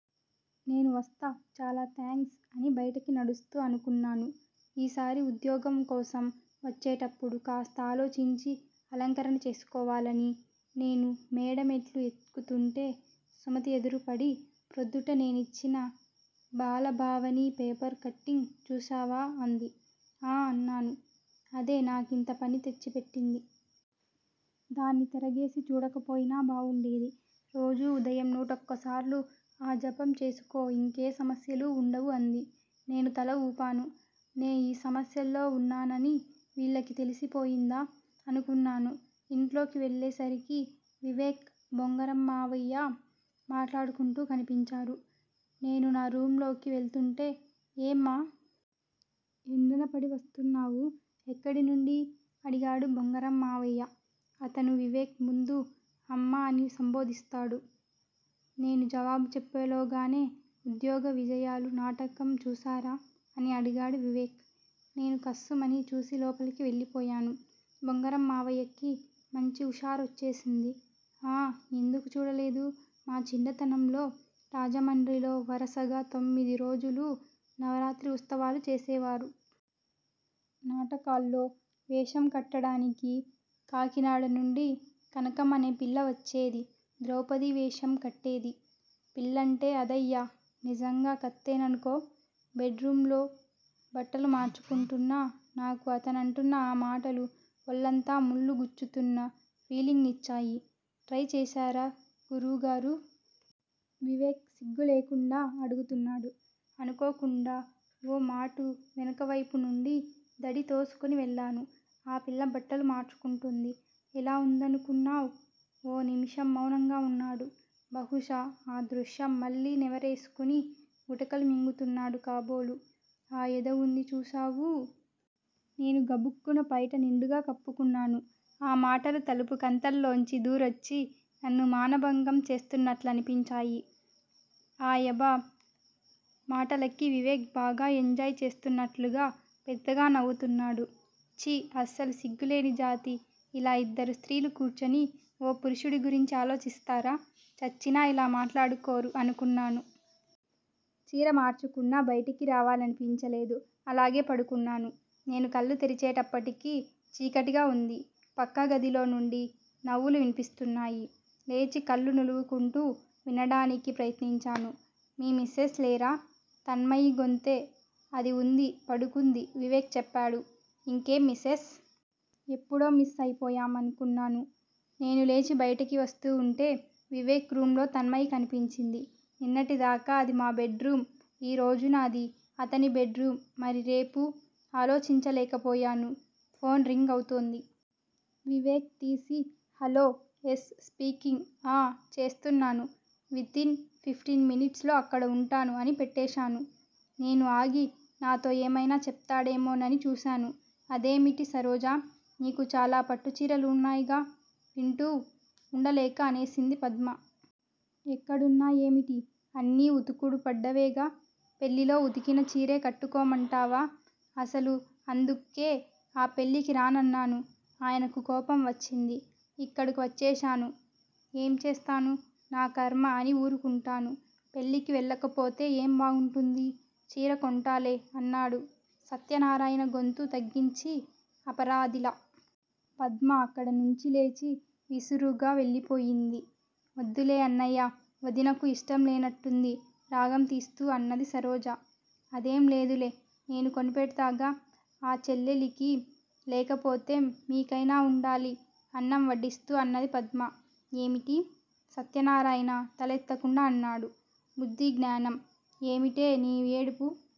నేను వస్తా చాలా థాంక్స్! అని బయటికి నడుస్తూ అనుకున్నాను, ఈ సారి ఉద్యోగం కోసం వచ్చేటప్పుడు కాస్త ఆలోచించి అలంకరణ చేసుకోవాలని! నేను మేడమెట్లు ఎక్కుతుంటే సుమతి ఎదురుపడి- ప్రొద్దుట నేనిచ్చిన బాల భావనీ పేపర్ కట్టింగ్ చూశావా? అంది. ఆఁ! అన్నాను అదే నాకింత పని తెచ్చి పెట్టింది. దాన్ని తెరగేసి చూడకపోయినా బావుండేది! రోజూ ఉదయం నూటొక్కసార్లు ఆ జపం చేసుకో ఇంకే సమస్యలూ వుండవు! అంది. నేను తల ఊపాను. న్నె ఈ సమస్యల్లో వున్నానని వీళ్ళకి తెలిసిపోయిందా? అనుకున్నాను. ఇంట్లోకి వెళ్ళేసరికి వివేక్, బొంగరం మావయ్యా మాట్లాడుకుంటూ కనిపించారు. నేను నా రూమ్ లోకి వెళ్తూవుంటే- ఏమ్మా! ఎండనపడి వస్తున్నావు? ఎక్కడి నుండీ? అడిగాడు బొంగరంమావయ్య. అతను వివేక్ ముందు 'అమ్మా' అని సంబోధిస్తాడు. నేను జవాబు చెప్పేలోగానే- ఉద్యోగ విజయాలు నాటకం చూశారా? అని అడిగాడు వివేక్. నేను కస్సుమని చూసి లోపలికి వెళ్ళిపోయాను. బొంగరం మావయ్యకి మంచి ఉషారోచ్చేసింది. ఆఁ! ఎందుకు చూడలేదూ మా చిన్నతనంలో రాజమండ్రిలో వరసగా తొమ్మిదిరోజులూ నవరాత్రి ఉత్సవాలు చేసేవారు. నాటకాల్లో వేషం కట్టడానికి కాకినాడ నుండి 'కనకం' అనే పిల్ల వచ్చేది ద్రౌపది వేషం కట్టేది. పిల్లంటే అదయ్యా! నిజంగా కత్తేననుకో! బెడ్ రూమ్ లో బట్టలు మార్చుకుంటున్నా నాకు అతనంటున్న ఆ మాటలు ఒళ్ళంతా ముళ్ళు గుచ్చుతున్న ఫీలింగ్ నిచ్చాయి! ట్రై చేశారా గురూగారూ? వివేక్ సిగ్గులేకుండా అడుగుతున్నాడు. అనుకోకుండా ఓ మాటు వెనకవైపు నుండి దడి తోసుకుని వెళ్ళాను. ఆ పిల్ల బట్టలు మార్చుకుంటోంది. ఎలా వుందనుకున్నావ్? ఓ నిమిషం మౌనంగా వున్నాడు. బహుశా ఆ దృశ్యం మళ్ళీ నెమరేసుకుని గుటకలు మింగుతున్నాడు కాబోలు! ఆ ఎద వుంది చూశావూ? నేను గబుక్కున పైట నిండుగా కప్పుకున్నాను. ఆ మాటలు తలుపు కంతల్లోంచి దూరోచ్చి నన్ను మానభంగం చేస్తున్నట్లనిపించాయి! ఆయబ మాటలకి వివేక్ బాగా ఎంజాయ్ చేస్తున్నట్లుగా పెద్దగా నవ్వుతున్నాడు. 'ఛీ! అస్సలు సిగ్గులేని జాతి ఇలా ఇద్దరు స్త్రీలు కూర్చుని ఓపురుషుడిగురించి ఆలోచిస్తారా? చచ్చినా ఇలా మాట్లాడుకోరు' అనుకున్నాను. చీర మార్చుకున్నా బయటికి రావాలనిపించలేదు అలాగే పడుకున్నాను. నేను కళ్ళు తెరిచేటప్పటికి చీకటిగా వుంది! పక్క గదిలో నుండి నవ్వులు వినిపిస్తున్నాయి. లేచి కళ్లు నులువుకుంటూ వినడానికి ప్రయత్నించాను. మీ మిసెస్ లేరా? తన్మయి గొంతే అది ఉంది పడుకుంది వివేక్ చెప్పాడు. ఇంకేం మిసెస్? ఎప్పుడో మిస్ అయిపోయాం! అనుకున్నాను! నేను లేచి బయటికి వస్తూ వుంటే వివేక్ రూమ్ లో తన్మయి కనిపించింది. నిన్నటి దాకా అది మా బెడ్ రూమ్ ఈ రోజున అది అతని బెడ్ రూమ్ మరి రేపూ? ఆలోచించలేక పోయాను. ఫోన్ రింగ్ అవుతోంది. వివేక్ తీసి- హలో ఎస్ స్పీకింగ్ ఆఁ వచ్చేస్తున్నాను వితిన్ ఫిఫ్టిన్ మినిట్స్ లో అక్కడ వుంటాను అని పెట్టేశాను. నేను ఆగి నాతో ఏమైనా చెప్తాడేమోనని చూశాను. అదేమిటి సరోజా! నీకు చాలా పట్టు చీరలు వున్నాయ్ గా! వింటూ ఉండలేక అనేసింది పద్మ! ఎక్కడున్నా యేమిటి? అన్నీ ఉతుకుడు పడ్డవేగా? పెళ్ళిలో ఉతికిన చీరే కట్టుకోమంటావా? అసలు అందుకే ఆ పెళ్ళికి రానన్నాను. ఆయనకు కోపం వచ్చింది. ఇక్కడకు వచ్చేశాను. ఎం చేస్తాను? నా కర్మ అని ఊరుకుంటాను పెళ్ళికి వెళ్ళకపోతే ఏం బాగుంటుందీ? చీర కోంటాలే అన్నాడు సత్యనారాయణ గొంతు తగ్గించి అపరాదిలా. పద్మ అక్కడనుంచి లేచి విసురుగా వెళ్ళిపోయింది. వద్దులే అన్నయ్యా! వదినకు యిష్టం లేనట్టుంది రాగం తీస్తూ అన్నది సరోజ. అదేం లేదులే. నేను కొనిపెడ్తాగా? ఆ చెల్లెలికి లేకపోతే మీకైణా వుండాలి అన్నం వడ్డిస్తూ అన్నది పద్మ. ఏమిటి? సత్యనారాయణ తలెత్తకుండా అన్నాడు. బుద్ధి జ్ఞానం! ఏమిటే నీ ఏడుపు?